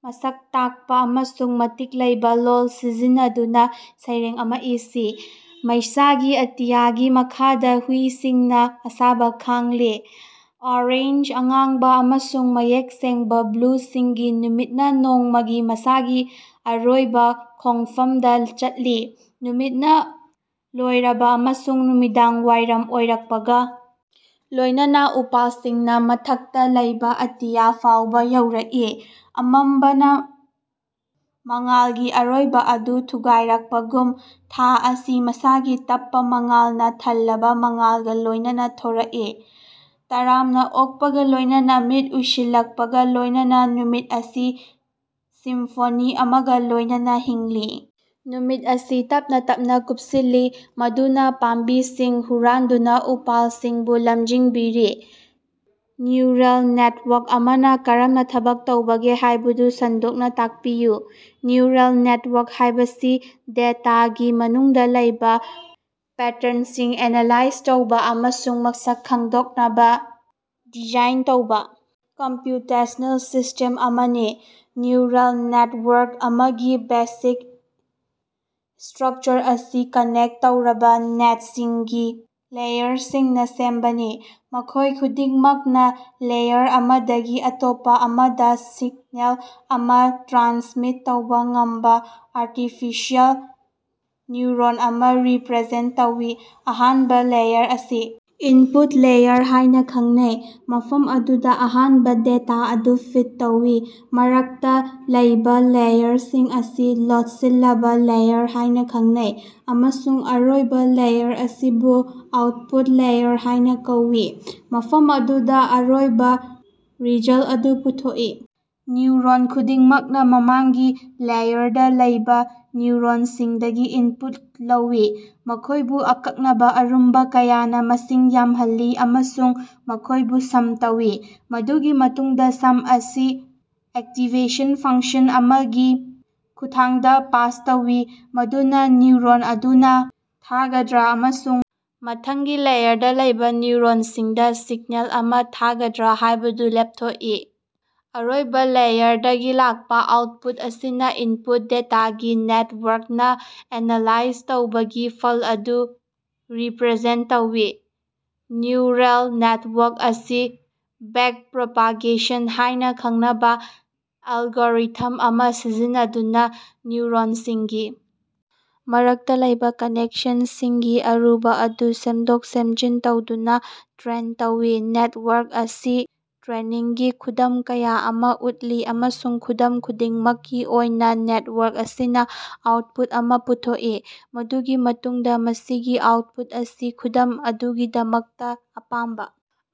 ꯃꯁꯛ ꯇꯥꯛꯄꯥ ꯑꯃꯁꯨꯡ ꯃꯇꯤꯛ ꯂꯩꯕꯥ ꯂꯣꯜ ꯁꯤꯖꯤꯟꯅꯗꯨꯅꯥ ꯁꯩꯔꯦꯡ ꯑꯃꯥ ꯏꯁꯤ꯫ ꯃꯩꯁꯥꯒꯤ ꯑꯇꯤꯌꯥꯒꯤ ꯃꯈꯥꯗꯥ ꯍꯨꯏꯁꯤꯡꯅꯥ ꯑꯁꯥꯕ ꯈꯥꯡꯂꯤ꯫ ꯑꯣꯔꯦꯟꯖ, ꯑꯉꯥꯡꯕ ꯑꯃꯁꯨꯡ ꯃꯌꯦꯛ ꯁꯦꯡꯕꯥ ꯕ꯭ꯂꯨꯁꯤꯡꯒꯤ, ꯅꯨꯃꯤꯠꯅꯥ ꯅꯣꯡꯃꯒꯤ ꯃꯁꯥꯒꯤ ꯑꯔꯣꯏꯕꯥ ꯈꯣꯡꯐꯝꯗ ꯆꯠꯂꯤ꯫ ꯅꯨꯃꯤꯠꯅ ꯂꯣꯏꯔꯕꯥ ꯑꯃꯁꯨꯡ ꯅꯨꯃꯤꯗꯥꯡꯋꯥꯏꯔꯝ ꯑꯣꯏꯔꯛꯄꯒ ꯂꯣꯏꯅꯅꯥ, ꯎꯄꯥꯜꯁꯤꯡꯅꯥ ꯃꯊꯛꯇꯥ ꯂꯩꯕꯥ ꯑꯇꯤꯌꯥ ꯐꯥꯎꯕꯥ ꯌꯧꯔꯛꯏ, ꯑꯃꯝꯕꯅꯥ ꯃꯉꯥꯜꯒꯤ ꯑꯔꯣꯏꯕꯥ ꯑꯗꯨ ꯊꯨꯒꯥꯏꯔꯛꯄꯒꯨꯝ, ꯊꯥ ꯑꯁꯤ ꯃꯁꯥꯒꯤ ꯇꯞꯄꯥ ꯃꯉꯥꯜꯅꯥ ꯊꯜꯂꯕꯥ ꯃꯉꯥꯜꯒꯥ ꯂꯣꯏꯅꯅꯥ ꯊꯣꯔꯛꯏ, ꯇꯔꯥꯝꯅꯥ ꯑꯣꯛꯄꯒꯥ ꯂꯣꯏꯅꯅꯥ ꯃꯤꯠ ꯎꯏꯁꯤꯜꯂꯛꯄꯒꯥ ꯂꯣꯏꯅꯅꯥ, ꯅꯨꯃꯤꯠ ꯑꯁꯤ ꯁꯤꯝꯐꯅꯤ ꯑꯃꯒꯥ ꯂꯣꯏꯅꯅꯥ ꯍꯤꯡꯂꯤ꯫ ꯅꯨꯡꯃꯤꯠ ꯑꯁꯤ ꯇꯞꯅꯥ ꯇꯞꯅꯥ ꯀꯨꯞꯁꯤꯜꯂꯤ, ꯃꯗꯨꯅꯥ ꯄꯥꯝꯕꯤꯁꯤꯡ ꯍꯨꯔꯥꯟꯗꯨꯅꯥ ꯎꯄꯥꯜꯁꯤꯡꯕꯨ ꯂꯝꯖꯤꯡꯕꯤꯔꯤ꯫ ꯅ꯭ꯌꯨꯔꯦꯜ ꯅꯦꯠꯋꯥꯛ ꯑꯃꯅꯥ ꯀꯔꯝꯅꯥ ꯊꯕꯛ ꯇꯧꯕꯒꯦ ꯍꯥꯏꯕꯗꯨ ꯁꯟꯗꯣꯛꯅꯥ ꯇꯥꯛꯄꯤꯌꯨ꯫ ꯅ꯭ꯌꯨꯔꯦꯜ ꯅꯦꯠꯋꯥꯛ ꯍꯥꯏꯕꯁꯤ ꯗꯦꯇꯥꯒꯤ ꯃꯅꯨꯡꯗꯥ ꯂꯩꯕꯥ ꯄꯦꯇ꯭ꯔꯟꯁꯤꯡ ꯑꯦꯅꯥꯂꯥꯏꯖ ꯇꯧꯕꯥ ꯑꯃꯁꯨꯡ ꯃꯁꯛ ꯈꯪꯗꯣꯛꯅꯕꯥ ꯗꯤꯖꯥꯏꯟ ꯇꯧꯕꯥ ꯀꯝꯄ꯭ꯌꯨꯇꯦꯁꯅꯦꯜ ꯁꯤꯁꯇꯦꯝ ꯑꯃꯅꯤ꯫ ꯅ꯭ꯌꯨꯔꯦꯜ ꯅꯦꯠꯋꯥꯔꯛ ꯑꯃꯒꯤ ꯕꯦꯁꯤꯛ ꯏꯁꯇ꯭ꯔꯛꯆꯔ ꯑꯁꯤ ꯀꯅꯦꯛ ꯇꯧꯔꯕꯥ ꯅꯣꯠꯁꯤꯡꯒꯤ ꯂꯦꯌꯔꯁꯤꯡꯅꯥ ꯁꯦꯝꯕꯅꯤ, ꯃꯈꯣꯏ ꯈꯨꯗꯤꯡꯃꯛꯅꯥ ꯂꯦꯌꯔ ꯑꯃꯗꯒꯤ ꯑꯇꯣꯞꯄꯥ ꯑꯃꯗꯥ ꯁꯤꯛꯅꯦꯜ ꯑꯃꯥ ꯇ꯭ꯔꯥꯟꯁꯃꯤꯠ ꯇꯧꯕꯥ ꯉꯝꯕꯥ ꯑꯥꯔꯇꯤꯐꯤꯁꯤꯑꯦꯜ ꯅ꯭ꯌꯨꯔꯣꯟ ꯑꯃꯥ ꯔꯤꯄ꯭ꯔꯖꯦꯟꯇ ꯇꯧꯏ꯫ ꯑꯍꯥꯟꯕꯥ ꯂꯦꯌꯔ ꯑꯁꯤ ꯏꯟꯄꯨꯠ ꯂꯦꯌꯔ ꯍꯥꯏꯅꯥ ꯈꯪꯅꯩ, ꯃꯐꯝ ꯑꯗꯨꯗꯥ ꯑꯍꯥꯟꯕꯥ ꯗꯦꯇꯥ ꯑꯗꯨ ꯐꯤꯠ ꯇꯧꯏ, ꯃꯔꯛꯇꯥ ꯂꯩꯕꯥ ꯂꯦꯌꯔꯁꯤꯡ ꯑꯁꯤ ꯂꯣꯠꯁꯤꯜꯂꯕꯥ ꯂꯦꯌꯔ ꯍꯥꯏꯅꯥ ꯈꯪꯅꯩ ꯑꯃꯁꯨꯡ ꯑꯔꯣꯏꯕꯥ ꯂꯦꯌꯔ ꯑꯁꯤꯕꯨ ꯑꯥꯎꯠꯄꯨꯠ ꯂꯦꯌꯔ ꯍꯥꯏꯅꯥ ꯀꯧꯏ, ꯃꯐꯝ ꯑꯗꯨꯗꯥ ꯑꯔꯣꯏꯕꯥ ꯔꯤꯖꯜꯇ ꯑꯗꯨ ꯄꯨꯊꯣꯛꯏ꯫ ꯅ꯭ꯌꯨꯔꯣꯟ ꯈꯨꯗꯤꯡꯃꯛꯅꯥ ꯃꯃꯥꯡꯒꯤ ꯂꯦꯌꯔꯗꯥ ꯂꯩꯕꯥ ꯅ꯭ꯌꯨꯔꯣꯟꯁꯤꯡꯗꯒꯤ ꯏꯟꯄꯨꯠ ꯂꯧꯏ, ꯃꯈꯣꯏꯕꯨ ꯑꯀꯛꯅꯕꯥ ꯑꯔꯨꯝꯕꯥ ꯀꯌꯥꯅꯥ ꯃꯁꯤꯡ ꯌꯥꯝꯍꯜꯂꯤ ꯑꯃꯁꯨꯡ ꯃꯈꯣꯏꯕꯨ ꯁꯝ ꯇꯧꯏ꯫ ꯃꯗꯨꯒꯤ ꯃꯇꯨꯡꯗꯥ ꯁꯝ ꯑꯁꯤ ꯑꯦꯛꯇꯤꯚꯦꯁꯟ ꯐꯪꯁꯟ ꯑꯃꯒꯤ ꯈꯨꯠꯊꯥꯡꯗꯥ ꯄꯥꯁ ꯇꯧꯏ, ꯃꯗꯨꯅꯥ ꯅ꯭ꯌꯨꯔꯣꯟ ꯑꯗꯨꯅꯥ ꯊꯥꯒꯗ꯭ꯔꯥ ꯑꯃꯁꯨꯡ ꯃꯊꯪꯒꯤ ꯂꯦꯌꯔꯗꯥ ꯂꯩꯕꯥ ꯅ꯭ꯌꯨꯔꯣꯟꯁꯤꯡꯗꯥ ꯁꯤꯛꯅꯦꯜ ꯑꯃꯥ ꯊꯥꯒꯗ꯭ꯔꯥ ꯍꯥꯏꯕꯗꯨ ꯂꯦꯞꯊꯣꯛꯏ꯫ ꯑꯔꯣꯏꯕꯥ ꯂꯦꯌꯔꯗꯒꯤ ꯂꯥꯛꯄꯥ ꯑꯥꯎꯠꯄꯨꯠ ꯑꯁꯤꯅꯥ ꯏꯟꯄꯨꯠ ꯗꯦꯇꯥꯒꯤ ꯅꯦꯠꯋꯥꯛꯅꯥ ꯑꯦꯅꯥꯂꯥꯏꯁꯤꯁ ꯇꯧꯕꯒꯤ ꯐꯜ ꯑꯗꯨ ꯔꯤꯄ꯭ꯔꯖꯦꯟꯇ ꯇꯧꯏ꯫ ꯅ꯭ꯌꯨꯔꯜ ꯅꯦꯠꯋꯥꯛ ꯑꯁꯤ ꯕꯦꯛꯄ꯭ꯔꯣꯄꯥꯒꯦꯁꯟ ꯍꯥꯏꯅꯥ ꯈꯪꯅꯕꯥ ꯑꯦꯜꯒꯣꯔꯤꯊꯝ ꯑꯃꯥ ꯁꯤꯖꯤꯟꯅꯗꯨꯅꯥ ꯅ꯭ꯌꯨꯔꯣꯟꯁꯤꯡꯒꯤ ꯃꯔꯛꯇꯥ ꯂꯩꯕꯥ ꯀꯅꯦꯛꯁꯟꯁꯤꯡꯒꯤ ꯑꯔꯨꯝꯕꯥ ꯑꯗꯨ ꯁꯦꯝꯗꯣꯛ-ꯁꯦꯝꯖꯤꯟ ꯇꯧꯗꯨꯅꯥ ꯇ꯭ꯔꯦꯟ ꯇꯧꯏ꯫ ꯅꯦꯠꯋꯥꯛ ꯑꯁꯤ ꯇ꯭ꯔꯦꯅꯤꯡꯒꯤ ꯈꯨꯗꯝ ꯀꯌꯥ ꯑꯃꯥ ꯎꯠꯂꯤ ꯑꯃꯁꯨꯡ ꯈꯨꯗꯝ ꯈꯨꯗꯤꯡꯃꯛꯀꯤ ꯑꯣꯏꯅꯥ ꯅꯦꯠꯋꯥꯛ ꯑꯁꯤꯅꯥ ꯑꯥꯎꯠꯄꯨꯠ ꯑꯃꯥ ꯄꯨꯊꯣꯛꯏ꯫ ꯃꯗꯨꯒꯤ ꯃꯇꯨꯡꯗꯥ ꯃꯁꯤꯒꯤ ꯑꯥꯎꯠꯄꯨꯠ ꯑꯁꯤ ꯈꯨꯗꯝ ꯑꯗꯨꯒꯤꯗꯃꯛꯇꯥ ꯑꯄꯥꯝꯕꯥ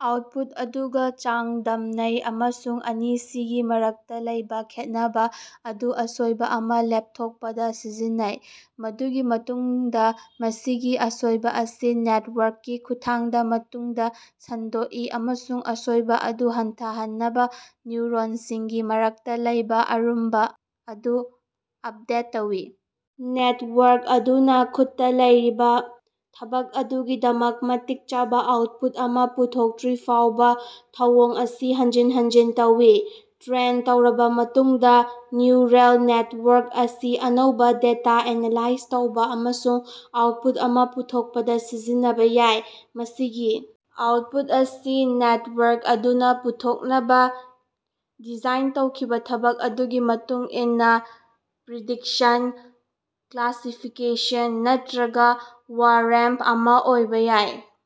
ꯑꯥꯎꯠꯄꯨꯠ ꯑꯗꯨꯒꯥ ꯆꯥꯡꯗꯝꯅꯩ ꯑꯃꯁꯨꯡ ꯑꯅꯤꯁꯤꯒꯤ ꯃꯔꯛꯇꯥ ꯂꯩꯕꯥ ꯈꯦꯠꯅꯕꯥ ꯑꯗꯨ ꯑꯁꯣꯏꯕꯥ ꯑꯃꯥ ꯂꯦꯞꯊꯣꯛꯄꯗꯥ ꯁꯤꯖꯤꯟꯅꯩ꯫ ꯃꯗꯨꯒꯤ ꯃꯇꯨꯡꯗꯥ ꯃꯁꯤꯒꯤ ꯑꯁꯣꯏꯕꯥ ꯑꯁꯤ ꯅꯦꯠꯋꯥꯛꯀꯤ ꯈꯨꯠꯊꯥꯡꯗꯥ ꯃꯇꯨꯡꯗꯥ ꯁꯟꯗꯣꯛꯏ ꯑꯃꯁꯨꯡ ꯑꯁꯣꯏꯕꯥ ꯑꯗꯨ ꯍꯟꯊꯍꯟꯅꯕꯥ ꯅ꯭ꯌꯨꯔꯣꯟꯁꯤꯡꯒꯤ ꯃꯔꯛꯇꯥ ꯂꯩꯕꯥ ꯑꯔꯨꯝꯕꯥ ꯑꯗꯨ ꯑꯞꯗꯦꯠ ꯇꯧꯏ꯫ ꯅꯦꯠꯋꯥꯛ ꯑꯗꯨꯅꯥ ꯈꯨꯠꯇꯥ ꯂꯩꯔꯤꯕꯥ ꯊꯕꯛ ꯑꯗꯨꯒꯤꯗꯃꯛ ꯃꯇꯤꯛ ꯆꯥꯕꯥ ꯑꯥꯎꯠꯄꯨꯠ ꯑꯃꯥ ꯄꯨꯊꯣꯛꯇ꯭ꯔꯤꯐꯥꯎꯕꯥ ꯊꯧꯑꯣꯡ ꯑꯁꯤ ꯍꯟꯖꯤꯟ ꯍꯟꯖꯤꯟ ꯇꯧꯏ꯫ ꯇ꯭ꯔꯦꯟ ꯇꯧꯔꯕꯥ ꯃꯇꯨꯡꯗꯥ ꯅ꯭ꯌꯨꯔꯦꯜ ꯅꯦꯠꯋꯥꯛ ꯑꯁꯤ ꯑꯅꯧꯕꯥ ꯗꯦꯇꯥ ꯑꯦꯅꯥꯂꯥꯏꯖ ꯇꯧꯕꯥ ꯑꯃꯁꯨꯡ ꯑꯥꯎꯠꯄꯨꯠ ꯑꯃꯥ ꯄꯨꯊꯣꯛꯄꯗꯥ ꯁꯤꯖꯤꯟꯅꯕꯥ ꯌꯥꯏ꯫ ꯃꯁꯤꯒꯤ ꯑꯥꯎꯠꯄꯨꯠ ꯑꯁꯤ ꯅꯦꯠꯋꯥꯛ ꯑꯗꯨꯅꯥ ꯄꯥꯡꯊꯣꯛꯅꯕꯥ ꯗꯤꯖꯥꯏꯟ ꯇꯧꯈꯤꯕꯥ ꯊꯕꯛ ꯑꯗꯨꯒꯤ ꯃꯇꯨꯡ ꯏꯟꯅꯥ ꯄ꯭ꯔꯤꯗꯤꯛꯁꯟ, ꯀ꯭ꯂꯥꯁꯤꯐꯤꯀꯦꯁꯟ ꯅꯠꯇ꯭ꯔꯒꯥ ꯋꯥꯔꯦꯝ ꯑꯃꯥ ꯑꯣꯏꯕꯥ ꯌꯥꯏ꯫